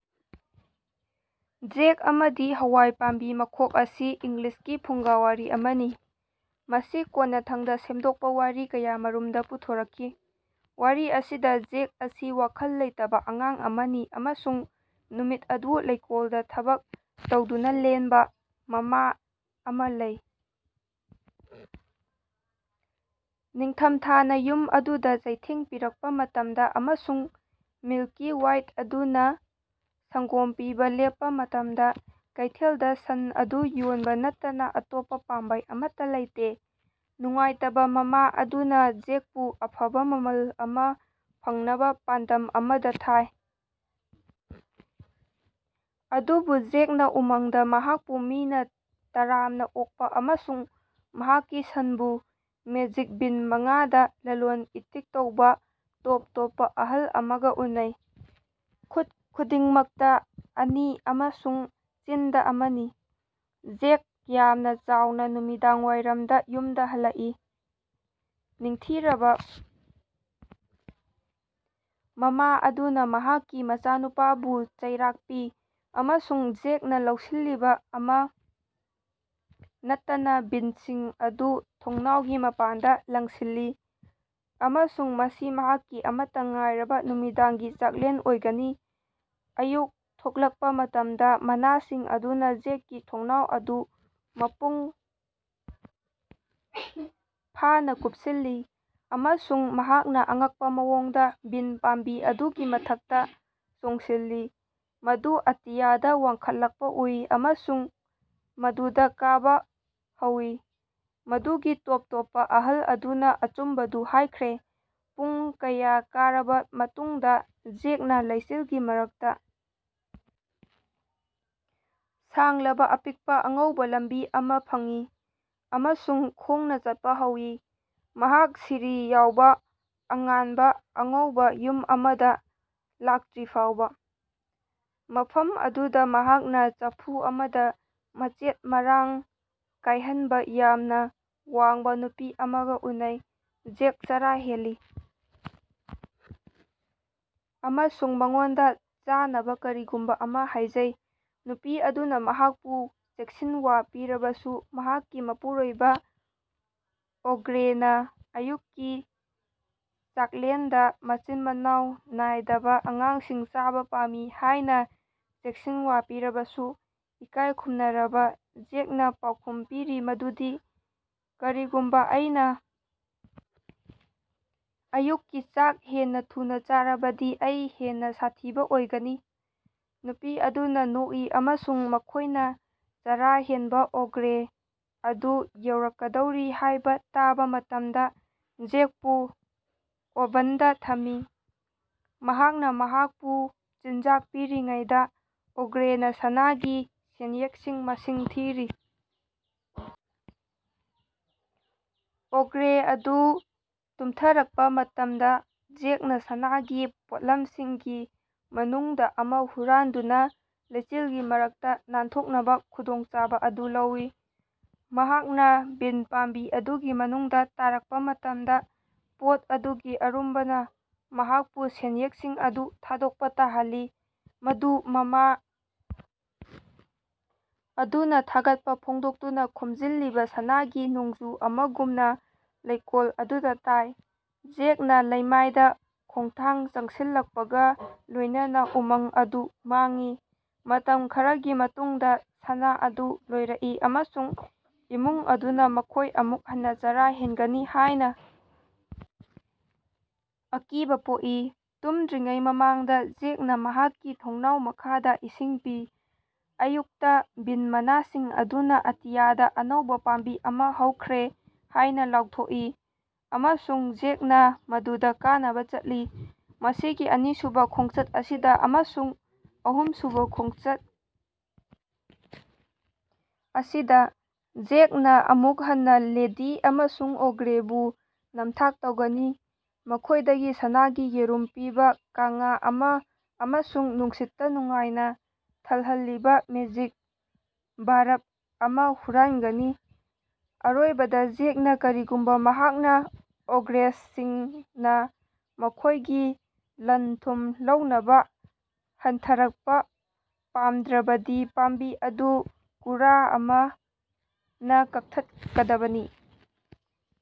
ꯖꯦꯛ ꯑꯃꯗꯤ ꯍꯋꯥꯢ ꯄꯥꯝꯕꯤ ꯃꯈꯣꯛ ꯑꯁꯤ ꯏꯪꯂꯤꯁꯀꯤ ꯐꯨꯡꯒꯥꯋꯥꯔꯤ ꯑꯃꯅꯤ꯫ ꯃꯁꯤ ꯀꯣꯟꯅꯊꯪꯗ ꯁꯦꯝꯗꯣꯛꯄ ꯋꯥꯔꯤ ꯀꯌꯥꯃꯔꯨꯝꯗ ꯄꯨꯊꯣꯔꯛꯈꯤ꯫ ꯋꯥꯔꯤ ꯑꯁꯤꯗ ꯖꯦꯛ ꯑꯁꯤ ꯋꯥꯈꯜ ꯂꯩꯇꯕ ꯑꯉꯥꯡ ꯑꯃꯅꯤ ꯑꯃꯁꯨꯡ ꯅꯨꯃꯤꯠ ꯑꯗꯨ ꯂꯩꯀꯣꯜꯗ ꯊꯕꯛ ꯇꯧꯗꯨꯅ ꯂꯦꯟꯕ ꯃꯃꯥ ꯑꯃ ꯂꯩ꯫ ꯅꯤꯡꯊꯝꯊꯥꯅ ꯌꯨꯝ ꯑꯗꯨꯗ ꯆꯩꯊꯦꯡ ꯄꯤꯔꯛꯄ ꯃꯇꯝꯗ ꯑꯃꯁꯨꯡ ꯃꯤꯜꯀꯤ-ꯋꯥꯏꯠ ꯑꯗꯨꯅ ꯁꯪꯒꯣꯝ ꯄꯤꯕ ꯂꯦꯞꯄ ꯃꯇꯝꯗ, ꯀꯩꯊꯦꯜꯗ ꯁꯟ ꯑꯗꯨ ꯌꯣꯟꯕ ꯅꯠꯇꯅ ꯑꯇꯣꯞꯄ ꯄꯥꯝꯕꯩ ꯑꯃꯠꯇ ꯂꯩꯇꯦ꯫ ꯅꯨꯡꯉꯥꯏꯇꯕ ꯃꯃꯥ ꯑꯗꯨꯅ ꯖꯦꯛꯄꯨ ꯑꯐꯕ ꯃꯃꯜ ꯑꯃ ꯐꯪꯅꯕ ꯄꯥꯟꯗꯝ ꯑꯃꯗ ꯊꯥꯏ꯫ ꯑꯗꯨꯕꯨ ꯖꯦꯛꯅ ꯎꯃꯪꯗ ꯃꯍꯥꯛꯄꯨ ꯃꯤꯅ ꯇꯔꯥꯝꯅ ꯑꯣꯛꯄ, ꯑꯃꯁꯨꯡ ꯃꯍꯥꯛꯀꯤ ꯁꯟꯕꯨ ꯃꯦꯖꯤꯛ ꯕꯤꯟ ꯃꯉꯥꯗ ꯂꯂꯣꯟ-ꯏꯇꯤꯛ ꯇꯧꯕ ꯇꯣꯞ ꯇꯣꯞꯄ ꯑꯍꯜ ꯑꯃꯒ ꯎꯅꯩ꯫ ꯈꯨꯠ ꯈꯨꯗꯤꯡꯃꯛꯇ ꯑꯅꯤ ꯑꯃꯁꯨꯡ ꯆꯤꯟꯗ ꯑꯃꯅꯤ꯫ ꯖꯦꯛ ꯌꯥꯝꯅ ꯆꯥꯎꯅ ꯅꯨꯃꯤꯗꯥꯡꯋꯥꯏꯔꯝꯗ ꯌꯨꯝꯗ ꯍꯜꯂꯛꯏ꯫ ꯅꯤꯡꯊꯤꯔꯕ ꯃꯃꯥ ꯑꯗꯨꯅ ꯃꯍꯥꯛꯀꯤ ꯃꯆꯥꯅꯨꯄꯥꯕꯨ ꯆꯩꯔꯥꯛ ꯄꯤ ꯑꯃꯁꯨꯡ ꯖꯦꯛꯅ ꯂꯧꯁꯤꯜꯂꯤꯕ ꯑꯃ ꯅꯠꯇꯅ ꯕꯤꯟꯁꯤꯡ ꯑꯗꯨ ꯊꯣꯡꯅꯥꯎꯒꯤ ꯃꯄꯥꯟꯗ ꯂꯪꯁꯤꯜꯂꯤ, ꯑꯃꯁꯨꯡ ꯃꯁꯤ ꯃꯍꯥꯛꯀꯤ ꯑꯃꯠꯇ ꯉꯥꯏꯔꯕ ꯅꯨꯃꯤꯗꯥꯡꯒꯤ ꯆꯥꯛꯂꯦꯟ ꯑꯣꯏꯒꯅꯤ꯫ ꯑꯌꯨꯛ ꯊꯣꯛꯂꯛꯄ ꯃꯇꯝꯗ, ꯃꯅꯥꯁꯤꯡ ꯑꯗꯨꯅ ꯖꯦꯛꯀꯤ ꯊꯣꯡꯅꯥꯎ ꯑꯗꯨ ꯃꯄꯨꯡ ꯐꯥꯅ ꯀꯨꯞꯁꯤꯜꯂꯤ, ꯑꯃꯁꯨꯡ ꯃꯍꯥꯛꯅ ꯑꯉꯛꯄ ꯃꯑꯣꯡꯗ ꯕꯤꯟ ꯄꯥꯝꯕꯤ ꯑꯗꯨꯒꯤ ꯃꯊꯛꯇ ꯆꯣꯡꯁꯤꯜꯂꯤ, ꯃꯗꯨ ꯑꯇꯤꯌꯥꯗ ꯋꯥꯡꯈꯠꯂꯛꯄ ꯎꯏ, ꯑꯃꯁꯨꯡ ꯃꯗꯨꯗ ꯀꯥꯕ ꯍꯧꯋꯤ꯫ ꯃꯗꯨꯒꯤ ꯇꯣꯞ ꯇꯣꯞꯄ ꯑꯍꯜ ꯑꯗꯨꯅ ꯑꯆꯨꯝꯕꯗꯨ ꯍꯥꯏꯈ꯭ꯔꯦ꯫ ꯄꯨꯡ ꯀꯌꯥ ꯀꯥꯔꯕ ꯃꯇꯨꯡꯗ, ꯖꯦꯛꯅ ꯂꯩꯆꯤꯜꯒꯤ ꯃꯔꯛꯇ ꯁꯥꯡꯂꯕ, ꯑꯄꯤꯛꯄ ꯑꯉꯧꯕ ꯂꯝꯕꯤ ꯑꯃ ꯐꯪꯏ ꯑꯃꯁꯨꯡ ꯈꯣꯡꯅ ꯆꯠꯄ ꯍꯧꯋꯤ, ꯃꯍꯥꯛ ꯁꯤꯔꯤ ꯌꯥꯎꯕ ꯑꯉꯥꯟꯕ ꯑꯉꯧꯕ ꯌꯨꯝ ꯑꯃꯗ ꯂꯥꯛꯇ꯭ꯔꯤꯐꯥꯎꯕ꯫ ꯃꯐꯝ ꯑꯗꯨꯗ ꯃꯍꯥꯛꯅ ꯆꯐꯨ ꯑꯃꯗ ꯃꯆꯦꯠ-ꯃꯔꯥꯡ ꯀꯥꯏꯍꯟꯕ ꯌꯥꯝꯅ ꯋꯥꯡꯕ ꯅꯨꯄꯤ ꯑꯃꯒ ꯎꯅꯩ꯫ ꯖꯦꯛ ꯆꯔꯥ ꯍꯦꯜꯂꯤ ꯑꯃꯁꯨꯡ ꯃꯉꯣꯟꯗ ꯆꯥꯅꯕ ꯀꯔꯤꯒꯨꯝꯕ ꯑꯃ ꯍꯥꯏꯖꯩ꯫ ꯅꯨꯄꯤ ꯑꯗꯨꯅ ꯃꯍꯥꯛꯄꯨ ꯆꯦꯛꯁꯤꯟꯋꯥ ꯄꯤꯔꯕꯁꯨ ꯃꯍꯥꯛꯀꯤ ꯃꯄꯨꯔꯣꯏꯕ ꯑꯣꯒ꯭ꯔꯦꯅ ꯑꯌꯨꯛꯀꯤ ꯆꯥꯛꯂꯦꯟꯗ ꯃꯆꯤꯟ ꯃꯅꯥꯎ ꯅꯥꯏꯗꯕ ꯑꯉꯥꯡꯁꯤꯡ ꯆꯥꯕ ꯄꯥꯝꯃꯤ ꯍꯥꯏꯅ ꯆꯦꯛꯁꯤꯟꯋꯥ ꯄꯤꯔꯕꯁꯨ, ꯏꯀꯥꯏ ꯈꯨꯝꯅꯔꯕ ꯖꯦꯛꯅ ꯄꯥꯎꯈꯨꯝ ꯄꯤꯔꯤ ꯃꯗꯨꯗꯤ ꯀꯔꯤꯒꯨꯝꯕ ꯑꯩꯅ ꯑꯌꯨꯛꯀꯤ ꯆꯥꯛ ꯍꯦꯟꯅ ꯊꯨꯅ ꯆꯥꯔꯕꯗꯤ ꯑꯩ ꯍꯦꯟꯅ ꯁꯥꯊꯤꯕ ꯑꯣꯏꯒꯅꯤ"꯫ꯅꯨꯄꯤ ꯑꯗꯨꯅ ꯅꯣꯛꯏ ꯑꯃꯁꯨꯡ ꯃꯈꯣꯏꯅ ꯆꯔꯥ ꯍꯦꯟꯕ ꯑꯣꯒ꯭ꯔꯦ ꯑꯗꯨ ꯌꯧꯔꯛꯀꯗꯧꯔꯤ ꯍꯥꯏꯕ ꯇꯥꯕ ꯃꯇꯝꯗ ꯖꯦꯛꯄꯨ ꯑꯣꯚꯟꯗ ꯊꯝꯃꯤ꯫ ꯃꯍꯥꯛꯅ ꯃꯍꯥꯛꯄꯨ ꯆꯤꯟꯖꯥꯛ ꯄꯤꯔꯤꯉꯩꯗ, ꯑꯣꯒ꯭ꯔꯦꯅ ꯁꯅꯥꯒꯤ ꯁꯦꯟꯌꯦꯛꯁꯤꯡ ꯃꯁꯤꯡ ꯊꯤꯔꯤ꯫ ꯑꯣꯒ꯭ꯔꯦ ꯑꯗꯨ ꯇꯨꯝꯊꯔꯛꯄ ꯃꯇꯝꯗ, ꯖꯦꯛꯅ ꯁꯅꯥꯒꯤ ꯄꯣꯠꯂꯝꯁꯤꯡꯒꯤ ꯃꯅꯨꯡꯗ ꯑꯃ ꯍꯨꯔꯥꯟꯗꯨꯅ ꯂꯩꯆꯤꯜꯒꯤ ꯃꯔꯛꯇ ꯅꯥꯟꯊꯣꯛꯅꯕ ꯈꯨꯗꯣꯡꯆꯥꯕ ꯑꯗꯨ ꯂꯧꯋꯤ꯫ ꯃꯍꯥꯛꯅ ꯕꯤꯟ ꯄꯥꯝꯕꯤ ꯑꯗꯨꯒꯤ ꯃꯅꯨꯡꯗ ꯇꯥꯔꯛꯄ ꯃꯇꯝꯗ, ꯄꯣꯠ ꯑꯗꯨꯒꯤ ꯑꯔꯨꯝꯕꯅ ꯃꯍꯥꯛꯄꯨ ꯁꯦꯟꯌꯦꯛꯁꯤꯡ ꯑꯗꯨ ꯊꯥꯗꯣꯛꯄ ꯇꯥꯍꯜꯂꯤ, ꯃꯗꯨ ꯃꯃꯥ ꯑꯗꯨꯅ ꯊꯥꯒꯠꯄ ꯐꯣꯡꯗꯣꯛꯇꯨꯅ ꯈꯣꯝꯖꯤꯜꯂꯤꯕ ꯁꯅꯥꯒꯤ ꯅꯣꯡꯖꯨ ꯑꯃꯒꯨꯝꯅ ꯂꯩꯀꯣꯜ ꯑꯗꯨꯗ ꯇꯥꯏ꯫ ꯖꯦꯛꯅ ꯂꯩꯃꯥꯏꯗ ꯈꯣꯡꯊꯥꯡ ꯆꯪꯁꯤꯜꯂꯛꯄꯒ ꯂꯣꯏꯅꯅ ꯎꯃꯪ ꯑꯗꯨ ꯃꯥꯡꯏ꯫ ꯃꯇꯝ ꯈꯔꯒꯤ ꯃꯇꯨꯡꯗ, ꯁꯅꯥ ꯑꯗꯨ ꯂꯣꯏꯔꯛꯏ ꯑꯃꯁꯨꯡ ꯏꯃꯨꯡ ꯑꯗꯨꯅ ꯃꯈꯣꯏ ꯑꯃꯨꯛ ꯍꯟꯅ ꯆꯔꯥ ꯍꯦꯟꯒꯅꯤ ꯍꯥꯏꯅ ꯑꯀꯤꯕ ꯄꯣꯛꯏ꯫ ꯇꯨꯝꯗ꯭ꯔꯤꯉꯩ ꯃꯃꯥꯡꯗ ꯖꯦꯛꯅ ꯃꯍꯥꯛꯀꯤ ꯊꯣꯡꯅꯥꯎ ꯃꯈꯥꯗ ꯏꯁꯤꯡ ꯄꯤ꯫ ꯑꯌꯨꯛꯇ ꯕꯤꯟ ꯃꯅꯥꯁꯤꯡ ꯑꯗꯨꯅ ꯑꯇꯤꯌꯥꯗ ꯑꯅꯧꯕ ꯄꯥꯝꯕꯤ ꯑꯃ ꯍꯧꯈ꯭ꯔꯦ ꯍꯥꯏꯅ ꯂꯥꯎꯊꯣꯛꯏ, ꯑꯃꯁꯨꯡ ꯖꯦꯛꯅ ꯃꯗꯨꯗ ꯀꯥꯅꯕ ꯆꯠꯂꯤ꯫ ꯃꯁꯤꯒꯤ ꯑꯅꯤꯁꯨꯕ ꯈꯣꯡꯆꯠ ꯑꯁꯤꯗ, ꯑꯃꯁꯨꯡ ꯑꯍꯨꯝꯁꯨꯕ ꯈꯣꯡꯆꯠ ꯑꯁꯤꯗ, ꯖꯦꯛꯅ ꯑꯃꯨꯛ ꯍꯟꯅ ꯂꯦꯗꯤ ꯑꯃꯁꯨꯡ ꯑꯣꯒ꯭ꯔꯦꯕꯨ ꯅꯝꯊꯥꯛ ꯇꯧꯒꯅꯤ, ꯃꯈꯣꯏꯗꯒꯤ ꯁꯅꯥꯒꯤ ꯌꯦꯔꯨꯝ ꯄꯤꯕ ꯀꯥꯡꯉꯥ ꯑꯃ ꯑꯃꯁꯨꯡ ꯅꯨꯡꯁꯤꯠꯇ ꯅꯨꯡꯉꯥꯏꯅ ꯊꯜꯍꯜꯂꯤꯕ ꯃꯦꯖꯤꯛ ꯚꯥꯔꯞ ꯑꯃ ꯍꯨꯔꯥꯟꯒꯅꯤ꯫ ꯑꯔꯣꯏꯕꯗ, ꯖꯦꯛꯅ ꯀꯔꯤꯒꯨꯝꯕ ꯃꯍꯥꯛꯅ ꯑꯣꯒ꯭ꯔꯦꯁꯁꯤꯡꯅ ꯃꯈꯣꯏꯒꯤ ꯂꯟ-ꯊꯨꯝ ꯂꯧꯅꯕ ꯍꯟꯊꯔꯛꯄ ꯄꯥꯝꯗ꯭ꯔꯕꯗꯤ ꯄꯥꯝꯕꯤ ꯑꯗꯨ ꯀꯨꯔꯥ ꯑꯃꯅ ꯀꯛꯊꯠꯀꯗꯕꯅꯤ꯫"